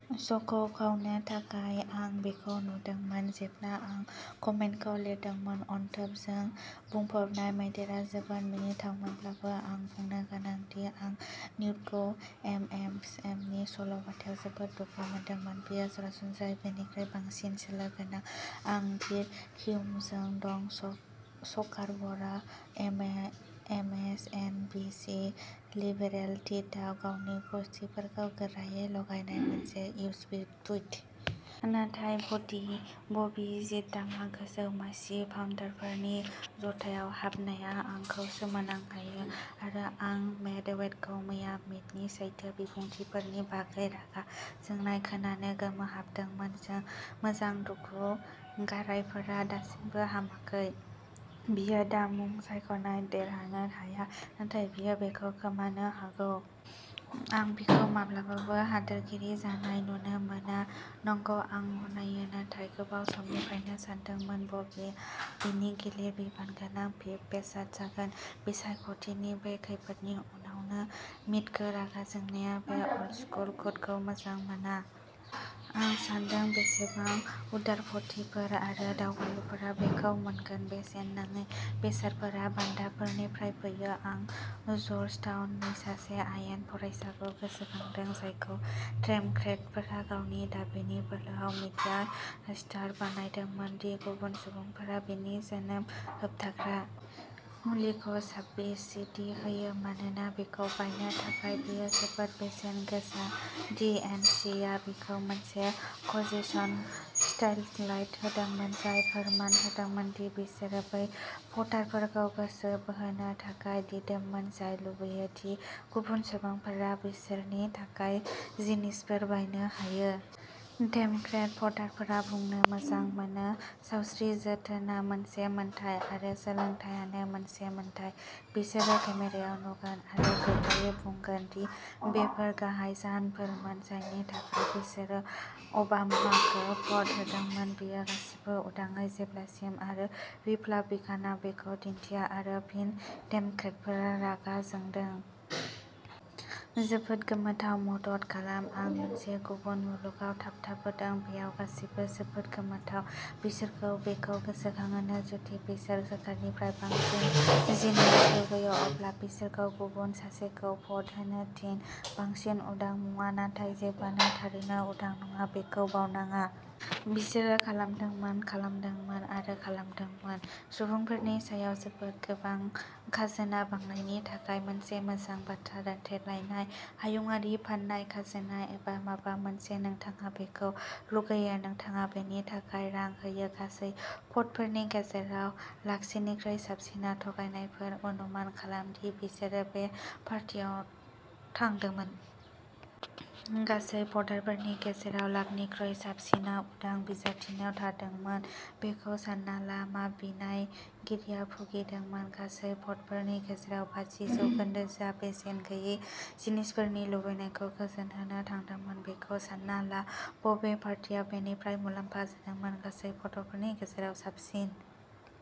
श'खौ खावनो थाखाय। आं बेखौ नुदोंमोन जेब्ला आं कमेन्टखौ लिरदोंमोन अनथोबजों बुंफबनाय मैदेरआ जोबोद मिनिथावमोनब्लाबो आं बुंनो गोनां दि आं निउटखौ एमएसएमनि सल'बाथायाव जोबोद दुखु मोनदोंमोन। बियो सरासनस्रायै बेनिख्रुइ बांसिन सोलो गोनां। आं ब्रिट हिउमजों दं स्कारबर'आ एमएसएनबीसी लिबेरेल टिटआव गावनि गुसथिफोरखौ गोरायै लागायनाय मोनसे इसिपिड टुइट। नाथाय बबी जिंदालआ गोजौ मासि पाउन्डारफोरनि ज'थायाव हाबनाया आंखौ सोमोनांहोयो। आरो आं मेदवेदखौ मैया मिटनि सैथो बिबुंथिफोरनि बागै रागा जोंनाय खोनानो गोमोहाबदोंमोन। मोजां दुखु। गारायफोरा दासिमबो हामाखै। बियो दा मुं सायख'नाय देरहानो हाया नाथाय बियो बेखौ खोमानो हागौ। आं बिखौ माब्लाबाबो हादोरगिरि जानाय नुनो मोना नंगौ आं गनायो नाथाय गोबाव समनिफ्रायनो सानदोंमोन बबीआ बिनि गिलिर बिबानगोनां भिप बेसाद जागोन। बिसायख'थिनि बे खैफोदनि उनावनो मिटखौ रागा जोंनाया बे अल्ड स्कुल'कुटखौ मोजां मोना। आं सानदों बेसेबां उदारपन्थिफोर आरो दावगालुफोरा बेखौ मोनगोन? बेसेन नाङै बेसादफोरा बान्दाफोरनिफ्राय फैयो। आं जर्जटाउननि सासे आयेन फरायसाखौ गोसोखांदों, जायखौ डेम'क्रेटफोरा गावनि दाबिनि बोलोआव मिडिया स्टार बानायदोंमोन दि गुबुन सुबुंफोरा बिनि जोनोम होबथाग्रा मुलिखौ साब्सिडी होयो मानोना बेखौ बायनो थाखाय बियो जोबोद बेसेन गोसा दि एन सि आ बिखौ मोनसे कन्वेन्शन स्पटलाइट होदोंमोन जाय फोरमान होदोंमोन दि बिसोरो बै भटारफोरखौ गोसो बोहोनो थाखाय दिदोममोन जाय लुबैयो दि गुबुन सुबुंफोरा बिसोरनि थाखाय जिनिसफोर बायनो हायो। डेम'क्रेट भटारफोरा बुंनो मोजां मोनो सावस्रि जोथोनआ मोनसे मोन्थाइ आरो सोलोंथायानो मोनसे मोन्थाइ। बिसोरो केमेरायाव नुगोन आरो गोग्गायै बुंगोन दि बेफोरो गाहाय जाहोनफोरमोन जायनि थाखाय बिसोरो अबामाखौ भ'ट होदोंमोन। बेयो गासिबो उदाङै जेब्लासिम सासे रिपाब्लिकानआ बेखौ दिन्थियो आरो फिन डेम'क्रेटफोरा रागा जोंदों। जोबोद गोमोथाव। मदद खालाम आं मोनसे गुबुन मुलुगआव थाबथाबोदों। बेयाव गासैबो जोबोद गोमोथाव। बिसोरखौ बेखौ गोसोखांहो जुदि बिसोर सोरखारनिफ्राय बांसिन जिनिस लुगैयो अब्ला बिसोरखौ गुबुन सासेखौ भ'ट होनो थिन बांसिन उदां मुवा। नाथाय जेबोआनो थारैनो उदां नङा बेखौ बावनाङा। बिसोरो खालामदोंमोन खालामदोंमोन आरो खालामदोंमोन। सुबुंफोरनि सायाव जोबोद गोबां खाजोना बांनायनि थाखाय मोनसे मोजां बाथ्रा दान्थेलायनाय। हायुंआरि फान्नाय खाजोना एबा माबा मोनसे। नोंथाङा बेखौ लुगैयो नोंथाङा बेनि थाखाय रां होयो। गासै भटफोरनि गेजेराव लाखसेनिख्रुइ साबसिनआ थगायनायमोन अनुमान खालाम दि बिसोरो बबे पार्टियाव थांदोंमोन। गासै भटफोरनि गेजेराव लाखनिख्रुइ साबसिनआ उदां बिजाथिनाव थांदोंमोन। बेखौ सान्ना ला मा बिनायगिरिया भुगिदोंमोन गासै भटफोरनि गेजेराव बाजि जौखोन्दोसोआ बेसेन गैयै जिनिसफोरनि लुबैनायखौ गोजोनहोनो थांदोंमोन। बेखौ सान्ना ला बबे पार्टिआ बेनिफ्राय मुलाम्फा जादोंमोन गासै भटफोरनि गेजेराव साबसिन।